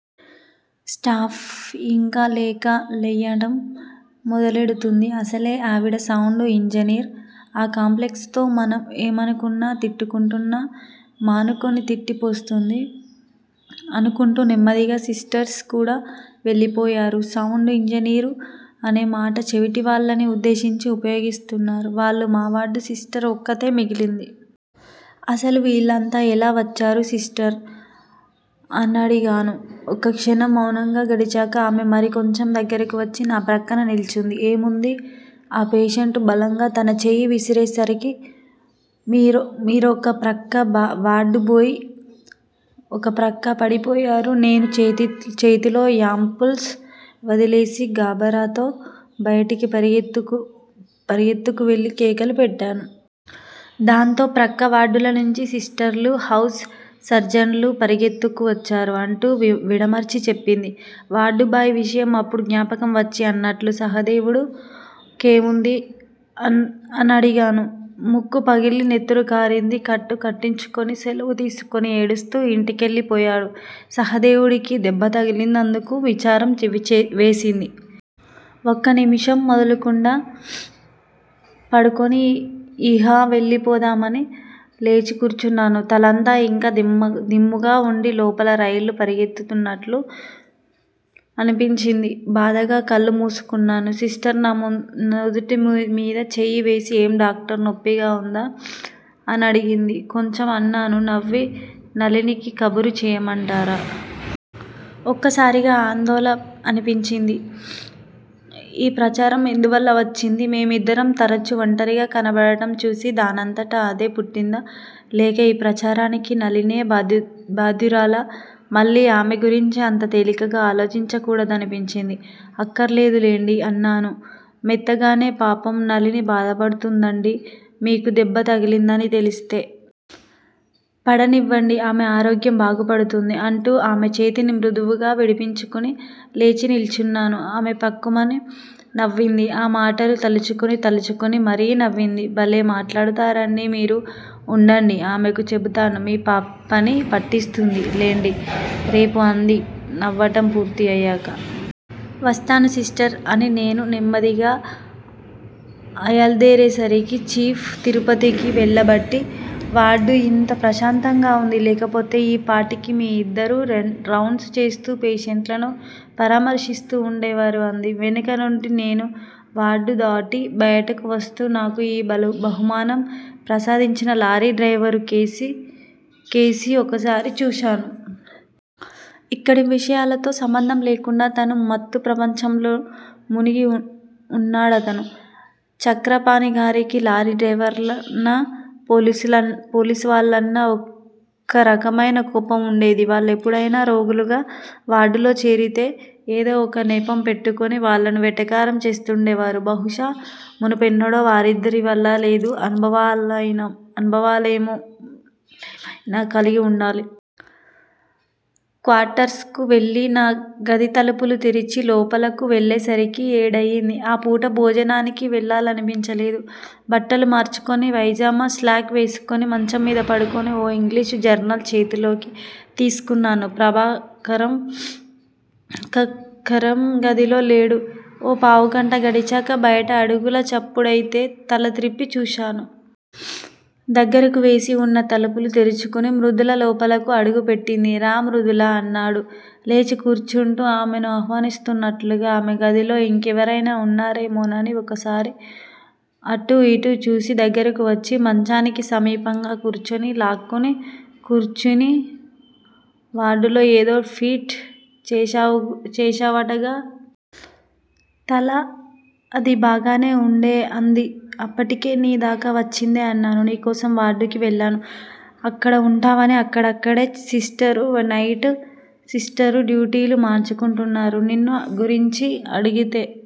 Staff యింక కేక లెయ్యటం మొదలెడుతుంది. అసలే ఆవిడ సౌండ్ యింజనీర్. ఆ కాంప్లెక్సుతో మనం ఏమనుకున్నా తిట్టుకుంటున్నా మానుకుని తిట్టి పోస్తుంది. అనుకుంటూ, నెమ్మదిగా సిస్టర్స్ కూడా వెళ్ళిపోయారు. సౌండ్ యింజనీరు అనే మాట చెవిటివాళ్ళని ఉద్దేశించి ఉపయోగిస్తున్నారు వాళ్ళు. మా వార్డు సిస్టర్ ఒక్కతే మిగిలింది. అసలు వీళ్ళంతా ఎలా వచ్చారు సిస్టర్! అనడిగాను, ఒక క్షణం మౌనంగా గడిచాక. ఆమె మరి కొంచెం దగ్గరకు వచ్చి నా ప్రక్కన నిల్చుంది. ఏముంది? ఆ పేషెంటు బలంగా తన చెయ్యి విసిరేసరికి మీరొక ప్రక్కా, వార్డుబోయ్ ఒక ప్రక్కా పడిపోయారు. నేను చేతిలో యాంపుల్స్ వదిలేసి గాభరాతో బయటకు పరిగెత్తుకు వెళ్ళి కేకలు పెట్టాను. దాంతో ప్రక్క వార్డులనుంచి సిస్టర్లూ, హౌస్ సర్జన్లూ పరిగెత్తుకు వచ్చారు అంటూ, విడమర్చి చెప్పింది. వార్డుబాయ్ విషయం అప్పుడు జ్ఞాపకం వచ్చి అన్నట్లు సహదేవుడి కేముంది? అనడిగాను. ముక్కు పగిలి నెత్తురుకారింది. కట్టు కట్టించుకుని, సెలవు తీసుకుని ఏడుస్తూ యింటికివెళ్ళిపోయాడు. సహదేవుడికి దెబ్బ తగిలినందుకు విచారం వేసింది. ఒక నిముషం మెదలకుండా పడుకుని యిహ వెళ్ళిపోదామని లేచి కూర్చున్నాను. తలంతా యింకా దిమ్ముగా వుండి, లోపల రైళ్ళు పరిగెత్తున్నట్లు అనిపించింది. బాధగా కళ్ళు మూసుకున్నాను. సిస్టర్ నా నుదుటిమీద చెయ్యివేసి ఏం డాక్టర్, నొప్పిగా వుందా? అనడిగింది. కొంచెం అన్నాను నవ్వి. నళినికి కబురు చెయ్యమంటారా? ఒక్కసారిగా అదోలా అనిపించింది. ఈ ప్రచారం ఎందువల్ల వచ్చింది? మేమిద్దరం తరుచు వంటరిగా కనబడటం చూసి దానంతట అదే పుట్టిందా? లేక ఈ ప్రచారానికి నళినే బాధ్యురాలా! మళ్ళీ ఆమె గురించి అంత తేలికగా ఆలోచించకూడదనిపించింది. అఖ్కర్లేదులెండి అన్నాను మెత్తగానే. పాపం నళిని బాధపడుతుందండి మీకు దెబ్బ తగిలిందని తెలిస్తే. పడనివ్వండి. ఆమె ఆరోగ్యం బాగుపడుతుంది అంటూ ఆమె చేతిని మృదువుగా విడిపించుకుని లేచి నిల్చున్నాను. ఆమె ఫక్కుమని నవ్వింది. ఆ మాటలు తలుచుకుని తలుచుకుని మరీ నవ్వింది. బలే మాట్లాడతారండి మీరు. ఉండండి ఆమెకు చెబుతాను. మీపని పట్టిస్తుంది లెండి, రేపు అంది, నవ్వటం పూర్తి అయాక. వస్తాను సిస్టర్! అని నేను నెమ్మదిగా ఆయల్దేరేసరికి చీఫ్ తిరుపతికి వెళ్ళబట్టి వార్డు యింత ప్రశాంతంగా వుంది. లేకపోతే యీ పాటికి మీ ఇద్దరూ రౌండ్సు చేస్తూ, పేషెంట్లను పరామర్శిస్తూ ఉండేవారు అంది వెనక నుండి. నేను వార్డుదాటి బయటకువస్తూ నాకు యీ బహుమానం ప్రసాదించిన లారీ డ్రైవరు కేసి ఒకసారి చూశాను. ఇక్కడి విషయాలతో సంబంధం లేకుండా తను మత్తు ప్రపంచంలో మునిగి ఉన్నాడతను. చక్రపాణిగారికి లారీ డ్రైవర్లన్నా పోలీసువాళ్ళన్నా, ఒకరకమైన కోపం వుండేది. వాళ్ళెప్పుడైనా రోగులుగా వార్డులో చేరితే ఏదో ఒక నెపం పెట్టుకుని వాళ్ళను వెటకారం చేస్తూండేవారు. బహుశా మునుపెన్నడో వారిద్దరివల్లా చేదు అనుభవాలేమైనా కలిగివుండాలి. క్వార్టర్సుకు వెళ్ళి, నా గదితలుపులు తెరిచి లోపలకు వెళ్ళేసరికి ఏడయింది. ఆపూట భోజనానికి వెళ్ళాలనిపించలేదు. బట్టలు మార్చుకుని, పైజామా, స్లాక్ వేసుకుని మంచంమీద పడుకుని, ఓ యింగ్లీషు జర్నల్ చేతిలోకి తీసుకున్నాను. ప్రభాకరం గదిలో లేడు. ఓ పావుగంట గడిచాక బయట అడుగుల చప్పుడయితే తలత్రిప్పి చూశాను. దగ్గరకు వేసి వున్న తలుపులు తెరుచుకుని మృదుల లోపలకు అడుగు పెట్టింది. రా మృదులా! అన్నాడు లేచి కూర్చుంటూ. ఆమెను ఆహ్వానిస్తున్నట్లుగా. ఆమె గదిలో యింకెవరైనా వున్నారేమోనని ఓసారి అటూ యిటూ చూసి దగ్గరకు వచ్చి, మంచానికి సమీపంగా కూర్చుని లాక్కుని కూర్చుని వార్డులో ఏదో ఫీట్చేశావ్ చేశావుటగా! తలా అదీ బాగానే ఉండే అంది. అప్పటికే నీ దాకావచ్చిందే అన్నాను. నీకోసం వార్డుకి వెళ్ళాను. అక్కడ వుంటావని. అక్కడక్కడే సిస్టరూ, నైట్ సిస్టరూ డ్యూటీలు మార్చుకుంటున్నారు. నిన్ను గురించి అడిగితే